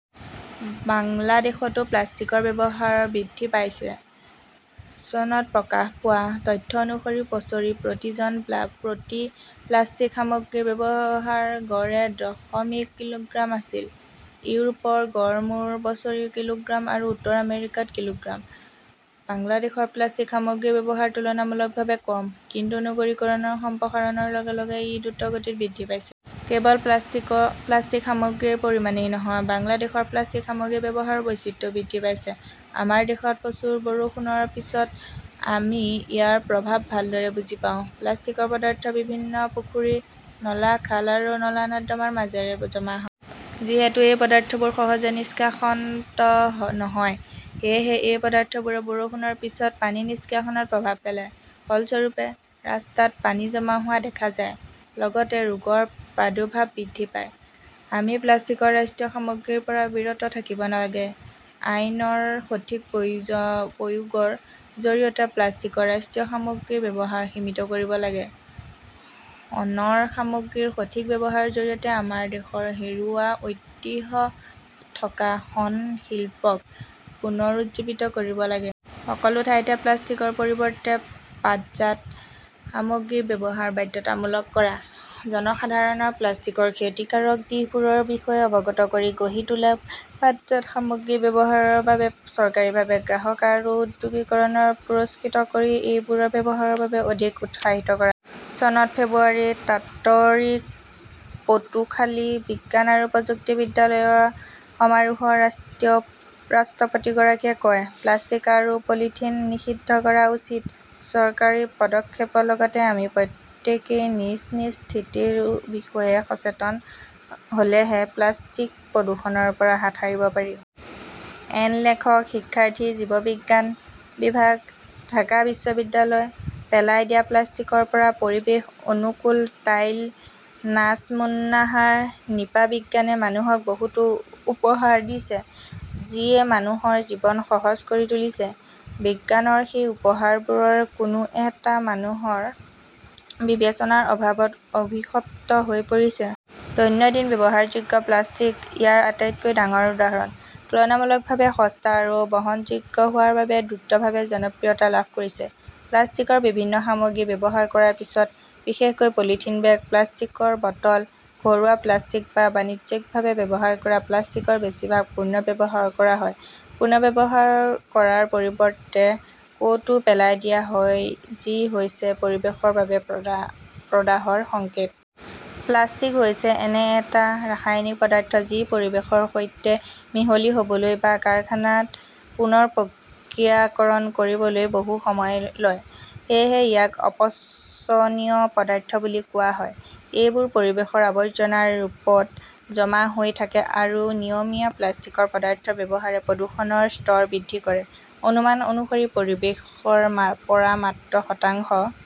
বাংলাদেশতো প্লাষ্টিকৰ ব্যৱহাৰ বৃদ্ধি পাইছে। চনত প্ৰকাশ পোৱা তথ্য অনুসৰি বছৰি প্ৰতি জন প্ৰতি প্লাষ্টিক সামগ্ৰীৰ ব্যৱহাৰ গড়ে দশমিক কিলোগ্ৰাম আছিল। ইউৰোপৰ গড় মূৰ বছৰি কিলোগ্ৰাম আৰু উত্তৰ আমেৰিকাত কিলোগ্ৰাম। বাংলাদেশত প্লাষ্টিক সামগ্ৰীৰ ব্যৱহাৰ তুলনামূলকভাৱে কম, কিন্তু নগৰীকৰণৰ সম্প্ৰসাৰণৰ লগে লগে ই দ্ৰুতগতিত বৃদ্ধি পাইছে। কেৱল প্লাষ্টিক সামগ্ৰীৰ পৰিমাণই নহয়, বাংলাদেশত প্লাষ্টিক সামগ্ৰীৰ ব্যৱহাৰৰ বৈচিত্ৰ্যও বৃদ্ধি পাইছে। আমাৰ দেশত প্ৰচুৰ বৰষুণৰ পিছত আমি ইয়াৰ প্ৰভাৱ ভালদৰে বুজি পাওঁ। প্লাষ্টিকৰ পদাৰ্থ বিভিন্ন পুখুৰী, নলা, খাল আৰু নলা-নৰ্দমাৰ মাজেৰে জমা হয়। যিহেতু এই পদাৰ্থবোৰ সহজে নিষ্কাশিত নহয়, সেয়েহে এই পদাৰ্থবোৰে বৰষুণৰ পিছত পানী নিষ্কাশনত প্ৰভাৱ পেলায়। ফলস্বৰূপে, ৰাস্তাত পানী জমা হোৱা দেখা যায়, লগতে ৰোগৰ প্ৰাদুৰ্ভাৱ বৃদ্ধি পায়। আমি প্লাষ্টিকৰ ৰাষ্ট্ৰীয় সামগ্ৰীৰ পৰা বিৰত থাকিব লাগে, আইনৰ সঠিক প্ৰয়োগৰ জৰিয়তে প্লাষ্টিকৰ ৰাষ্ট্ৰীয় সামগ্ৰীৰ ব্যৱহাৰ সীমিত কৰিব লাগে, শণৰ সামগ্ৰীৰ সঠিক ব্যৱহাৰৰ জৰিয়তে আমাৰ দেশৰ হেৰুওৱা ঐতিহ্য থকা শণ শিল্পক পুনৰুজ্জীৱিত কৰিব লাগে। সকলো ঠাইতে প্লাষ্টিকৰ পৰিৱৰ্তে পাটজাত সামগ্ৰীৰ ব্যৱহাৰ বাধ্যতামূলক কৰা, জনসাধাৰণক প্লাষ্টিকৰ ক্ষতিকাৰক দিশবোৰৰ বিষয়ে অৱগত কৰি গঢ়ি তোলা, পাটজাত সামগ্ৰীৰ ব্যৱহাৰৰ বাবে চৰকাৰীভাৱে গ্ৰাহক আৰু উদ্যোগীসকলক পুৰস্কৃত কৰি এইবোৰৰ ব্যৱহাৰৰ বাবে অধিক উৎসাহিত কৰা। চনৰ ফেব্ৰুৱাৰীত তাতৰিক পটুখালি বিজ্ঞান আৰু প্ৰযুক্তি বিশ্ববিদ্যালয়ৰ য় সমাৰোহত ৰাষ্ট্ৰপতিগৰাকীয়ে কয়, 'প্লাষ্টিক আৰু পলিথিন নিষিদ্ধ কৰা উচিত "। চৰকাৰী পদক্ষেপৰ লগতে আমি প্ৰত্যেকেই নিজ নিজ স্থিতিৰ বিষয়ে সচেতন হ "লেহে প্লাষ্টিক প্ৰদূষণৰ পৰা হাত সাৰিব পাৰি। এন লেখকঃ শিক্ষাৰ্থী, জীৱবিজ্ঞান বিভাগ, ঢাকা বিশ্ববিদ্যালয়। পেলাই দিয়া প্লাষ্টিকৰ পৰা পৰিৱেশ অনুকূল টাইল নাজমুন্নাহাৰ নিপা বিজ্ঞানে মানুহক বহুতো উপহাৰ দিছে, যিয়ে মানুহৰ জীৱন সহজ কৰি তুলিছে। বিজ্ঞানৰ সেই উপহাৰবোৰৰ কোনো এটা মানুহৰ বিবেচনাৰ অভাৱত অভিশপ্ত হৈ পৰিছে। দৈনন্দিন ব্যৱহাৰযোগ্য প্লাষ্টিক ইয়াৰ আটাইতকৈ ডাঙৰ উদাহৰণ। তুলনামূলকভাৱে সস্তা আৰু বহনযোগ্য হোৱাৰ বাবে দ্ৰুতভাৱে জনপ্ৰিয়তা লাভ কৰিছে। প্লাষ্টিকৰ বিভিন্ন সামগ্ৰী ব্যৱহাৰ কৰাৰ পিছত, বিশেষকৈ পলিথিন বেগ, প্লাষ্টিকৰ বটল, ঘৰুৱা প্লাষ্টিক বা বাণিজ্যিকভাৱে ব্যৱহাৰ কৰা প্লাষ্টিকৰ বেছিভাগ পুনৰ্ব্যৱহাৰ কৰা হয়, পুনৰ্ব্যৱহাৰ কৰাৰ পৰিৱৰ্তে ক "তো পেলাই দিয়া হয়-যি হৈছে পৰিৱেশৰ বাবে প্ৰদাহৰ সংকেত। প্লাষ্টিক হৈছে এনে এটা ৰাসায়নিক পদাৰ্থ যি পৰিৱেশৰ সৈতে মিহলি হ 'বলৈ বা কাৰখানাত পুনৰ প্ৰক্ৰিয়াকৰণ কৰিবলৈ বহু সময় লয়। সেয়েহে ইয়াক 'অপচনীয় পদাৰ্থ "বুলি কোৱা হয়। এইবোৰ পৰিৱেশত আৱৰ্জনাৰ ৰূপত জমা হৈ থাকে আৰু নিয়মীয়া প্লাষ্টিকৰ পদাৰ্থৰ ব্যৱহাৰে প্ৰদূষণৰ স্তৰ বৃদ্ধি কৰে। অনুমান অনুসৰি, পৰিৱেশৰ পৰা মাত্ৰ শতাংশ